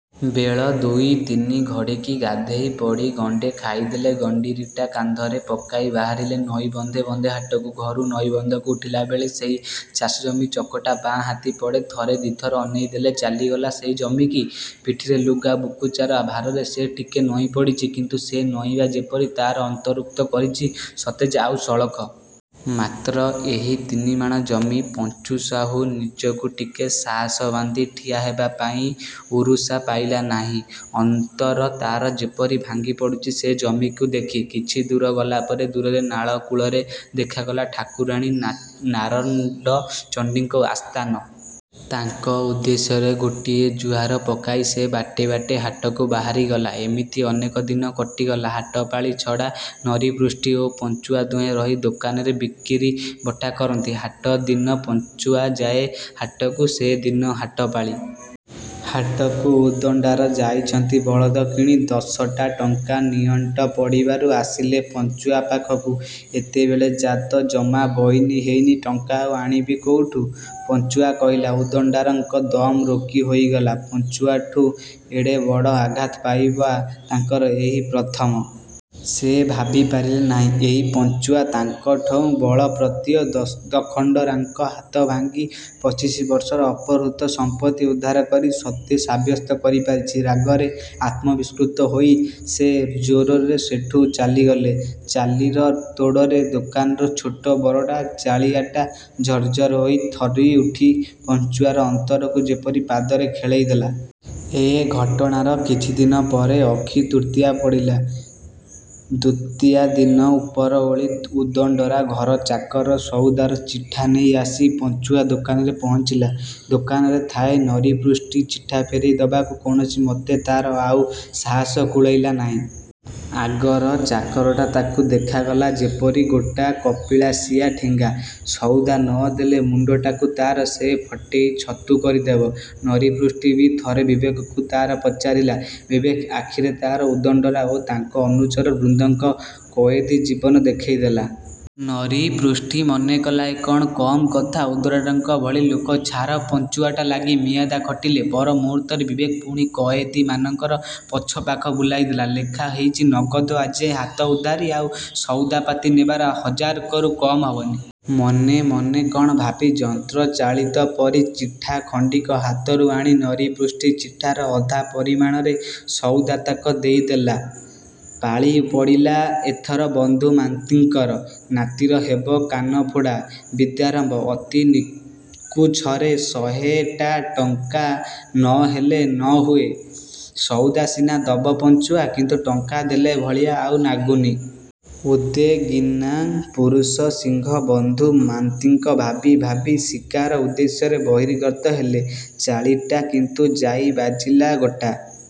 ବେଳ ଦୁଇ ତିନି ଘଡ଼ିକି ଗାଧୋଇ ପଡ଼ି ଗଣ୍ଡେ ଖାଇଦେଇ ଗଣ୍ଡିରାଟା କାନ୍ଧରେ ପକେଇ ବାହାରିଲା ନଈ ବନ୍ଧେ ବନ୍ଧେ ହାଟକୁ। ଘରୁ ନଈବନ୍ଧକୁ ଉଠିଲାବେଳେ ସେହି ଚାଷଜମି ଚକଟା ବାଁ ହାତି ପଡ଼େ। ଥରେ ଦିଥର ଅନେଇଦେଇ ଚାଲିଗଲା ସେଇ ଜମିକି। ପିଠିରେ ଲୁଗା ବୁକୁଚାର ଭାରରେ ସେ ଟିକେ ନଇଁପଡ଼ିଚି କିନ୍ତୁ ସେ ନଇଁବା ଯେପରି ତାର ଅନ୍ତରକୁ କରିଛି ସତେଜ ଆଉ ସଳଖ। ମାତ୍ର ଏହି ତିନିମାଣ ଜମି! ପଞ୍ଚୁସାହୁ ନିଜକୁ ଟିକେ ସାହସ ବାନ୍ଧି ଠିଆ ହେବା ପାଇଁ ଉରସା ପାଇଲା ନାହିଁ, ଅନ୍ତର ତାର ଯେପରି ଭାଙ୍ଗି ପଡ଼ୁଚି ସେ ଜମିକି ଦେଖି। କିଛିଦୂର ଗଲା ପରେ ଦୂରରେ ନାଳ କୂଳରେ ଦେଖାଗଲା ଠାକୁରାଣୀ ନା ନାରଣ୍ଡଚଣ୍ଡୀଙ୍କ ଆସ୍ଥାନ। ତାଙ୍କ ଉଦ୍ଦେଶ୍ୟରେ ଗୋଟିଏ ଜୁହାର ପକାଇ ସେ ବାଟେ ବାଟେ ହାଟକୁ ବାହାରିଗଲା। ଏମିତି ଅନେକ ଦିନ କଟିଗଲା। ହାଟପାଳି ଛଡ଼ା ନରୀପୃଷ୍ଟି ଓ ପଞ୍ଚୁଆ ଦୁହେଁ ରହି ଦୋକାନରେ ବିକିରିବଟା କରନ୍ତି, ହାଟ ଦିନ ପଞ୍ଚୁଆ ଯାଏ ହାଟକୁ। ସେ ଦିନ ହାଟ ପାଳି। ହାଟକୁ ଉଦଣ୍ଡରା' ଯାଇଛନ୍ତି ବଳଦ କିଣି। ଦଶଟା ଟଙ୍କା ନିଅଣ୍ଟ ପଡ଼ିବାରୁ ଆସିଲେ ପଞ୍ଚୁଆ ପାଖକୁ। "ଏତେବେଳେ ଯା'ତ ଜମା ବଇନି ହେଇନି ଟଙ୍କା ଆଉ ଆଣିବି କୋଉଠୁ। " ପଞ୍ଚୁଆ କହିଲା। ଉଦଣ୍ଡରା'ଙ୍କ ଦମ୍ ରୋକି ହୋଇଗଲା। ପଞ୍ଚୁଆଠଉଁ ଏଡ଼େବଡ଼ ଆଘାତ ପାଇବା ତାଙ୍କର ଏହି ପ୍ରଥମ। ସେ ଭାବି ପାରିଲେ ନାହିଁ, ଏଇ ପଞ୍ଚୁଆ, ତାଙ୍କଠଉଁ ବଳ ପ୍ରତାପୀ ଦଖଣ୍ଡରାଙ୍କ ହାତଭାଙ୍ଗି ପଚିଶ ବର୍ଷର ଅପହୃତ ସମ୍ପତ୍ତି ଉଦ୍ଧାର କରି ସତ୍ତ୍ୱ ସାବ୍ୟସ୍ତ କରିପାରିଛି। ରାଗରେ ଆତ୍ମବିସ୍ମୃତ ହୋଇ ସେ ଜୋରରେ ସେଠୁ ଚାଲିଗଲେ। ଚାଲିର ତୋଡ଼ରେ ଦୋକାନର ଛୋଟ ବରଡ଼ା ଚାଳିଆଟା ଝରଝର ହୋଇ ଥରିଉଠି ପଞ୍ଚୁଆର ଅନ୍ତରକୁ ଯେପରି ପଦାରେ ଖେଳେଇଦେଲା। ଏ ଘଟଣାର କିଛିଦିନ ପରେ ଅଖି ତୃତୀୟା ପଡ଼ିଲା। ଦୁତୀୟା ଦିନ ଉପରଓଳି ଉଦଣ୍ଡରା' ଘର ଚାକର ସଉଦାର ଚିଠା ନେଇ ଆସି ପଞ୍ଚୁଆ ଦୋକାନରେ ପହଞ୍ଚିଲା।। ଦୋକାନରେ ଥାଏ ନରୀପୁଷ୍ଟି, ଚିଠା ଫେରେଇ ଦବାକୁ କୌଣସି ମତେ ତାର ଆଉ ସାହାସ କୁଳେଇଲା ନାହିଁ। ଆଗର ଚାକରଟା ତାକୁ ଦେଖାଗଲା ଯେପରି ଗୋଟା କପିଳାଶିଆ ଠେଙ୍ଗା। ସଉଦା ନ ଦେଲେ ମୁଣ୍ଡଟାକୁ ତା'ର ସେ ଫଟେଇ ଛତୁ କରିଦେବ। ନରୀପୃଷ୍ଟି ବି ଥରେ ବିବେକକୁ ତାର ପଚାରିଲା, ବିବେକ ଆଖିରେ ତାର ଉଦଣ୍ଡରା' ଓ ତାଙ୍କ ଅନୁଚର ବୃନ୍ଦଙ୍କ କଏଦୀ ଜୀବନ ଦେଖେଇଦେଲା। ନରୀପୁଷ୍ଟି ମନେ କଲା, ଏ କଣ କମ୍ କଥା, ଉଦଣ୍ଡରା'ଙ୍କ ଭଳି ଲୋକ ଛାର ପଞ୍ଚୁଆଟା ଲାଗି ମିଆଦ ଖଟିଲେ। ପରମୁହୂର୍ତ୍ତରେ ବିବେକ ପୁଣି କଏଦୀମାନଙ୍କର ପଛ ପାଖ ବୁଲେଇ ଦେଲା, ଲେଖା ହେଇଚି ନଗଦ, ଆଜିଯାଏ ହାତ ଉଧାରି ଆଉ ସଉଦାପାତି ନେବାର ହଜାରକରୁ କମ୍ ହବନି। ମନେ ମନେ କଣ ଭାବି ଯନ୍ତ୍ର ଚାଳିତ ପରି ଚିଠାଖଣ୍ଡିକ ହାତରୁ ଆଣି ନରୀପୁଷ୍ଟି ଚିଠାର ଅଧା ପରିମାଣରେ ସଉଦାତକ ଦେଇଦେଲା। ପାଳି ପଡ଼ିଲା ଏଥର ବନ୍ଧୁ ମା'ନ୍ତିଙ୍କର। ନାତିର ହେବ କାନଫୋଡ଼ା–ବିଦ୍ୟାରମ୍ଭ। ଅତି ନିକୁଛରେ ଶହେଟା ଟଙ୍କା ନ ହେଲେ ନ ହୁଏ। ସଉଦା ସିନା ଦବ ପଞ୍ଚୁଆ, କିନ୍ତୁ ଟଙ୍କା ଦେଲା ଭଳିଆ ଆଉ ନାଗୁନି। –'ଉଦ୍ଯୋଗୀନାଂ ପୁରୁଷ ସିଂହ' ବନ୍ଧୁ ମା'ନ୍ତିଏ ଭାବି ଭାବି ଶୀକାର ଉଦ୍ଦେଶ୍ୟରେ ବହିର୍ଗତ ହେଲେ। ଚାଳିଟା କିନ୍ତୁ ଯାଇ ବାଜିଲା ଗୋଟା